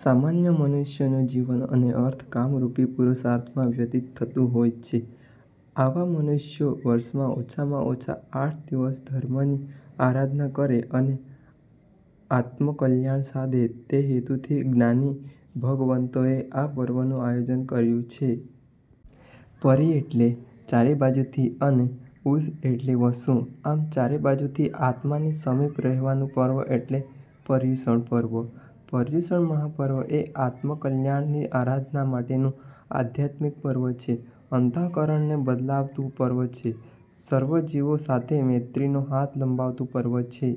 સામાન્ય મનુષ્યનું જીવન અને અર્થ કામરૂપી પુરુષાર્થમાં વ્યતીત થતું હોય છે. આવા મનુષ્યો વર્ષમાં ઓછામાં ઓછા આઠ દિવસ ધર્મની આરાધના કરે અને આત્મકલ્યાણ સાધે તે હેતુથી જ્ઞાની ભગવંતોએ આ પર્વનું આયોજન કર્યું છે. 'પરિ' એટલે ચારે બાજુથી અને 'ઉષ' એટલે વસવું આમ ચારે બાજુથી આત્માની સમીપ રહેવાનું પર્વ એટલે પર્યુષણ પર્વ. પર્યુષણ મહાપર્વ એ આત્મકલ્યાણની આરાધના માટેનું આધ્યાત્મિક પર્વ છે. અંત:કરણને બદલાવતું પર્વ છે. સર્વ જીવો સાથે મૈત્રીનો હાથ લંબાવતું પર્વ છે.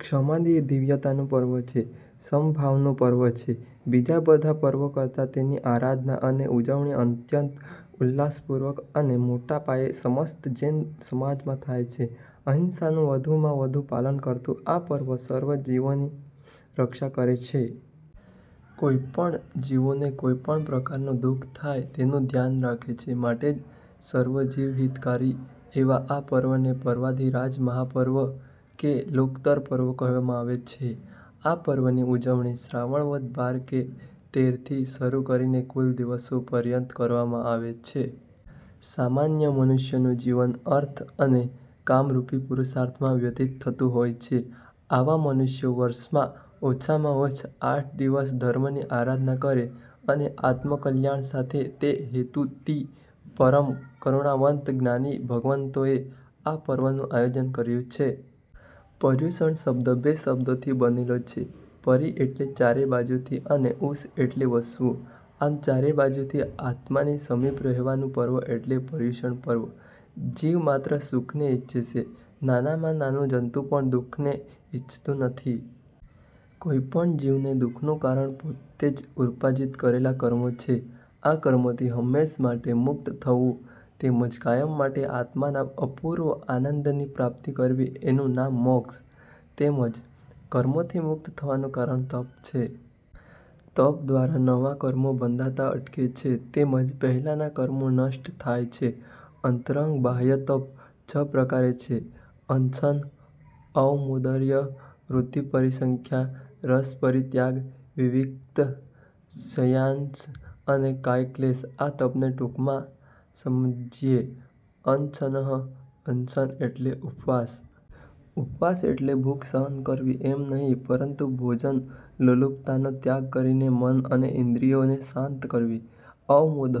ક્ષમાની દિવ્યતાનું પર્વ છે. સમભાવનું પર્વ છે. બીજાં બધાં પર્વો કરતાં તેની આરાધના અને ઉજવણી અત્યંત ઉલ્લાસપૂર્વક અને મોટા પાયે સમસ્ત જૈન સમાજમાં થાય છે. અહિંસાનું વધુમાં વધુ પાલન કરતું આ પર્વ સર્વ જીવોની રક્ષા કરે છે. કોઇ પણ જીવોને કોઇ પણ પ્રકારનું દુ:ખ થાય તેનું ધ્યાન રાખે છે માટે જ સર્વજીવહિતકારી એવા આ પર્વને પર્વાધિરાજ મહાપર્વ કે લોકત્તર પર્વ કહેવામાં આવે છે. આ પર્વની ઉજવણી શ્રાવણ વદ બાર કે તેર થી શરૂ કરીને કુલ દિવસો પર્યંત કરવામાં આવે છે. સામાન્ય મનુષ્યનું જીવન અર્થ અને કામરૂપી પુરુષાર્થમાં વ્યતીત થતું હોય છે. આવા મનુષ્યો વર્ષમાં ઓછામાં ઓછ આઠ દિવસ ધર્મની આરાધના કરે અને આત્મકલ્યાણ સાથે તે હેતુતી પરમ કરુણાવંત જ્ઞાની ભગવંતોએ આ પર્વનું આયોજન કર્યું છે. પર્યુષણ શબ્દ બે શબ્દોથી બનેલો છે. પરિ એટલે ચારે બાજુથી અને ઉષ એટલે વસવું. આમ ચારે બાજુથી આત્માની સમીપ રહેવાનું પર્વ એટલે પર્યુષણ પર્વ. જીવ માત્ર સુખને ઇચ્છે છે, નાનામાં નાનું જંતુ પણ દુ:ખને ઇચ્છતું નથી. કોઇ પણ જીવને દુ:ખનું કારણ પોતે જ ઉપાર્જિત કરેલાં કર્મો છે. આ કર્મોથી હંમેશ માટે મુક્ત થવું તેમજ કાયમ માટે આત્માના અપૂર્વ આનંદની પ્રાપ્તિ કરવી એનું નામ મોક્ષ. તેમજ કર્મોથી મુક્ત થવાનું કારણ તપ છે. તપ દ્વારા નવાં કર્મો બંધાતાં અટકે છે. તેમજ પહેલાંનાં કર્મો નષ્ટ થાય છે. અંતરંગ બાહ્યતપ છ પ્રકારે છે. અનશન અવમૌદર્ય, વૃત્તિપરિસંખ્યા, રસપરિત્યાગ, વિવિક્ત શય્યાસન અને કાયક્લેશ. આ તપને ટૂંકમાં સમજીએ. અનશન: અનશન એટલે ઉપવાસ. ઉપવાસ એટલે ભૂખ સહન કરવી એમ નહીં પરંતુ ભોજન લોલુપતાનો ત્યાગ કરીને મન અને ઇન્દ્રિઓને શાંત કરવી. અવમૌદઃ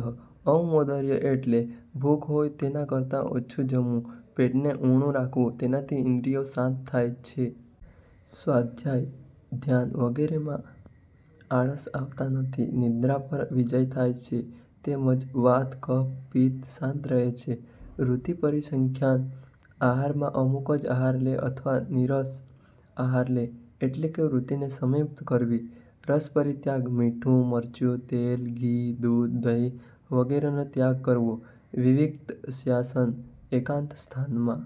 અવમૌદર્ય એટલે ભૂખ હોય તેના કરતાં ઓછું જમવું, પેટને ઊણું રાખવું. તેનાથી ઇન્દ્રિયો શાંત થાય છે. સ્વાધ્યાય-ધ્યાન વગેરેમાં આળસ આવતાં નથી. નિદ્રા પર વિજય થાય છે તેમજ વાત-કફ-પિત્ત શાંત રહે છે. વૃત્તિ પરિસંખ્યાનઃ આહારમાં અમુક જ આહાર લે અથવા નીરસ આહાર લે. એટલે કે વૃત્તિને સંમિપ્ત કરવી. રસપરિત્યાગઃ મીઠું, મરચું, તેલ, ઘી, દૂધ, દહીં વગેરેનો ત્યાગ કરવો. વિવિક્ત શય્યાસન: એકાંત સ્થાનમાં